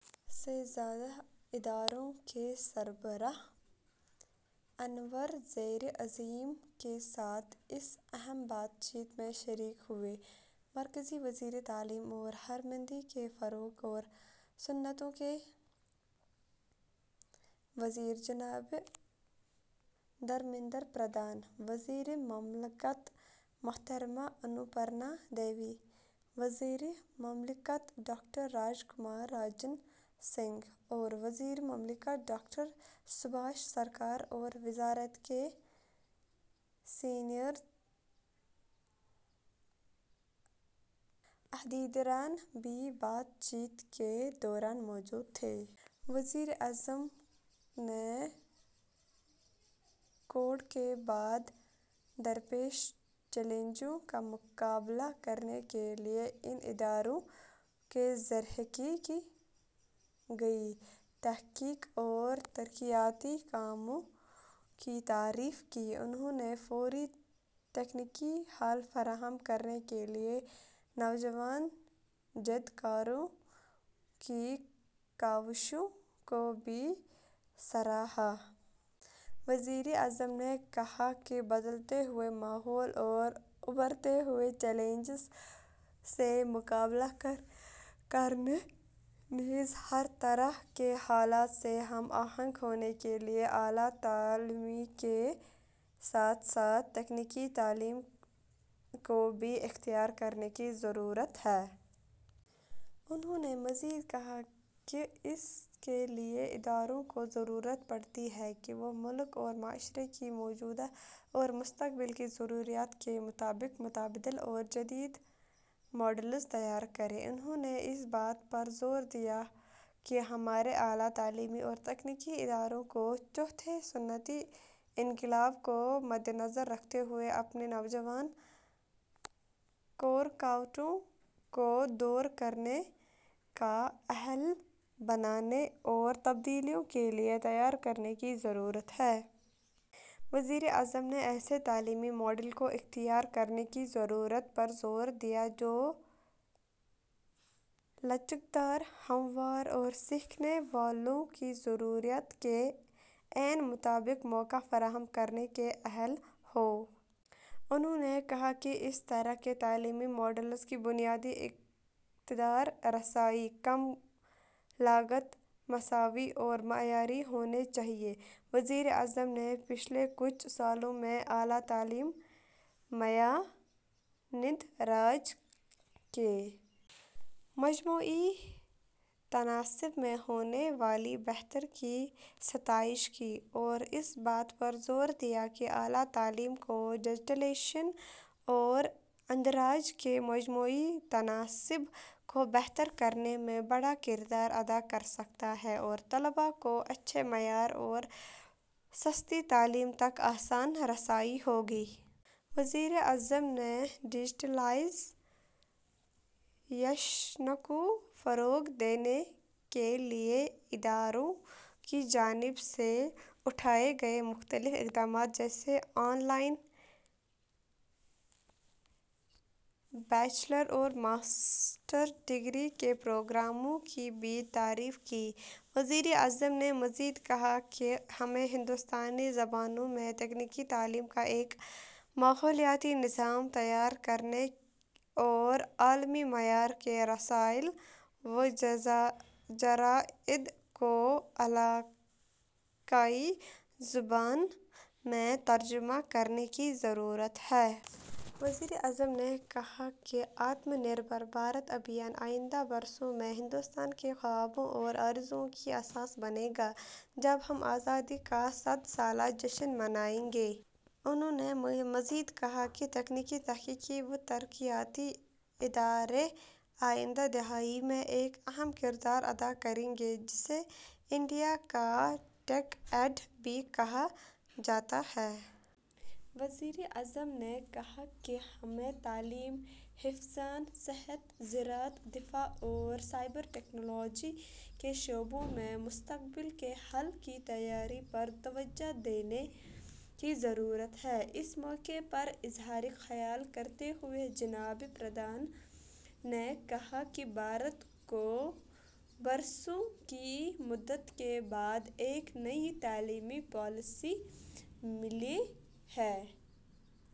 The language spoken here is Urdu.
سے زیادہ اداروں کے سربراہانوزیر اعظم کے ساتھ اس اہم بات چیت میں شریک ہوئے۔ مرکزی وزیر تعلیم اور ہرمندی کے فروغ اور صنعتوں کے وزیر جناب دھرمیندر پردھان ، وزیر مملکت محترمہ انپورنا دیوی، وزیرمملکت ڈاکٹر راج کمار رنجن سنگھ اور وزیر مملکت ڈاکٹر سبھاش سرکار اور وزارت کے سینئر عہدیداران بھی بات چیت کے دوران موجود تھے۔ وزیر اعظم نے کووڈ کے بعد درپیش چیلنجوں کا مقابلہ کرنے کے لئے ان اداروں کے ذریعہکی گئی تحقیق اور ترقیاتی کاموں کی تعریف کی۔ انہوں نے فوری تکنیکی حل فراہم کرنے کے لئے نوجوان جدت کاروں کی کاوشوں کو بھی سراہا۔ وزیر اعظم نے کہا کہ بدلتے ہوئے ماحول اور ابھرتے ہوئے چیلنجوں سے مقابلہ کرنے نیز ہر طرح کے حالات سے ہم آہنگ ہونے کے لئے اعلی تعلیمکے ساتھ ساتھ تکنیکی تعلیم کوبھی اختیار کرنے کی ضرورت ہے۔ انہوں نے مزید کہا کہ اس کے لئے اداروں کو ضرورت پڑتی ہے کہ وہ ملک اور معاشرے کی موجودہ اور مستقبل کی ضروریات کے مطابق متبادل اور جدید ماڈلز تیار کریں۔ انہوں نے اس بات پر زور دیا کہ ہمارے اعلی تعلیمی اور تکنیکی اداروں کو چوتھے صنعتی انقلاب کو مدنظر رکھتے ہوئے اپنے نوجوانوں کورکاوٹوں کو دور کرنے کا اہل بنانےاور تبدیلیوں کے لئے تیار کرنے کی ضرورت ہے۔ وزیر اعظم نے ایسے تعلیمی ماڈل کو اختیار کرنے کی ضرورت پر زور دیا جو لچکدار ، ہموار ، اور سیکھنے والوں کی ضروریات کے عین مطابق مواقع فراہم کرنے کے اہل ہوں۔ انہوں نے کہا کہ اس طرح کے تعلیمی ماڈلز کی بنیادی اقدار رسائی ، کم لاگت ، مساوی اور معیاری ہونی چاہئے۔ وزیر اعظم نے پچھلے کچھ سالوں میں اعلی تعلیم میںاندراج کے مجموعی تناسب میں ہونے والی بہتریکی ستائش کی اور اس بات پر زور دیا کہ اعلی تعلیم کو ڈیجیٹلائزیشن اوراندراج کے مجموعی تناسب کو بہتر کرنے میں بڑا کردار ادا کرسکتاہے اور طلباء کو اچھے معیار اور سستی تعلیم تک آسان رسائی ہوگی۔ وزیر اعظم نے ڈیجیٹلائزیشنکو فروغ دینے کے لئے اداروں کی جانب سے اٹھائے گئے مختلف اقدامات جیسے آن لائن بیچلر اور ماسٹر ڈگری کے پروگراموں کی بھی تعریف کی۔ وزیر اعظم نے مزید کہا کہ ہمیں ہندوستانی زبانوں میں تکنیکی تعلیم کا ایک ماحولیاتی نظام تیار کرنے اور عالمی معیار کے رسائل و جرائد کو علاقائی زبانوں میں ترجمہ کرنے کی ضرورت ہے۔ وزیر اعظم نے کہا کہ 'آتم نربھر بھارت ابھیان'آئندہ برسوں میں ہندوستان کے خوابوں اور آرزوؤں کی اساس بنے گا جب ہم آزادی کا صد سالہ جشن منائیں گے۔ انہوں نے مزید کہا کہ تکنیکی ، تحقیقی وترقیاتی ادارے آئندہ دہائی میں ایک اہم کردار ادا کریں گے ، جسے ''انڈیا کا ٹیک ایڈ'' بھی کہا جاتا ہے۔ وزیر اعظم نے کہا کہ ہمیں تعلیم ، حفظان صحت ، زراعت ، دفاع ، اور سائبر ٹیکنالوجی کے شعبوں میں مستقبل کے حل کی تیاری پر توجہ دینے کی ضرورت ہے۔ اس موقع پر اظہار خیال کرتے ہوئے جناب پردھان نے کہا کہ بھارت کو برسوں کی مدت کے بعد ایک نئی تعلیمی پالیسی ملی ہے۔